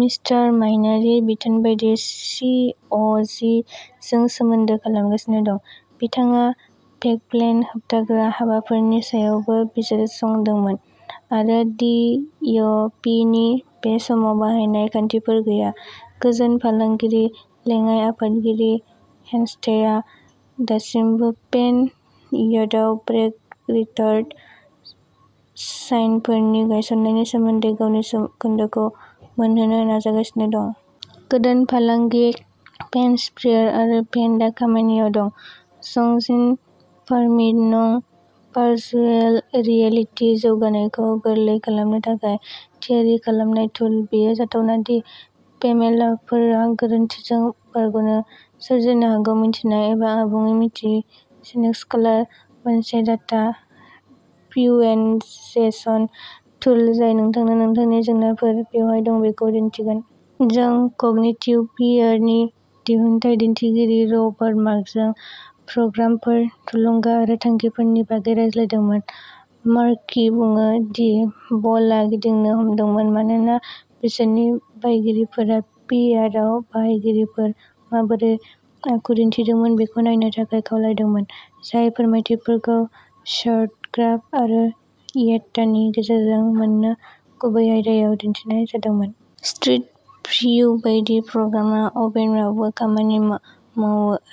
Mister माइनारनि बिथोन बायदियै सि. अ. जि. जों सोमोन्दो खालामगासिनो दं। बिथाङा बेकफ्ल' होबथाग्रा हाबाफारिनि सायावबो बिजिरसंदोंमोन आरो डि. इ. पि. नि बे समाव बाहायनाय खान्थिफोर गैया। गोजाम फालांगिनि लेङाइ आफादगिरि हेनस्टआ दासिमबो पेन डटआव ब्रेक रिटार्डार साइनफोरनि नायसंनायनि सोमोन्दै गावनि सोमोन्दोखौ मोनहैनो नाजागासिनो दं। गोदान फालांगि पेन्ट स्प्रेयार आरो पेन्टआ खामानियाव दं। ज'निं पारमिट नं भार्चुएल रियेलिटि जौगानायखौ गोरलै खालामनो थाखाय थियारि खालामनाय टुल। बेयो जाथावना दि देभेलपारफोरा गोरोन्थिजों बागफोर सोरजिनो हागौ मिथिना एबा आबुङै मिथियै। सिनएक्सप्लरा मोनसे डाटा भिजुएलाइजेसन टुल जाय नोंथांनो नोंथांनि जेंनाफोरा बबेहाय दं बेखौ दिन्थिगोन। जों कगनिटिभ भि आर नि दिहुनथाइ दिथागिरि रबार्ट मार्किजों प्रग्रामफोरनि थुलुंगा आरो थांखिफोरनि बागै रायज्लायदोंमोन। मार्कि बुङो दि बलआ गिदिंनो हमदोंमोन मानोना बिसोरनि बायगिरिफोरा भि आरआव बाहायगिरिफोरा माबोरै आखु दिन्थिदोंमोन बेखौ नायनो थाखाय खावलायदोंमोन, जाय फोरमायथिफोरखौ चार्ट, ग्राफ आरो डेटानि गेजेरजों मोनसे गुबै आयदायावल' दिन्थिनाय जादोंमोन। स्ट्रिट भिउ बायदि, प्रग्रामआ अवेब आवबो खामानि मावो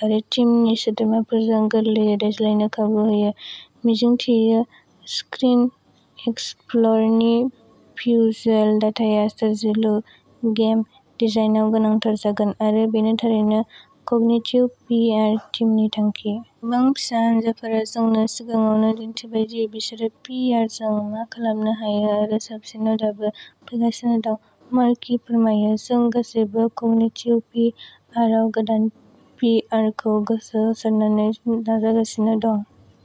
आरो टिमनि सोद्रोमाफोरजों गोरलैयै रानलायनो खाबु होयो। मिजिंथियो, स्क्रिन एक्सप्लरनि भिजुएल डाटाया सोरजिलु गेम डिजाइनआव गोनांथार जागोन आरो बेनो थारैनो कगनिटिभ भि आर टिमनि थांखि। गोबां फिसा हानजाफोरा जोंनो सिगाङावनो दिन्थिबाय दि बिसोरो भि आर जों मा खालामनो हायो आरो साबसिनआ दाबो फैगासिनो दं मार्कि फोरमायो। जों गासैबो कगनिटिभ भि आरआव गोदान भि आरखौ गोसो होसारनानै नाजागासिनो दं।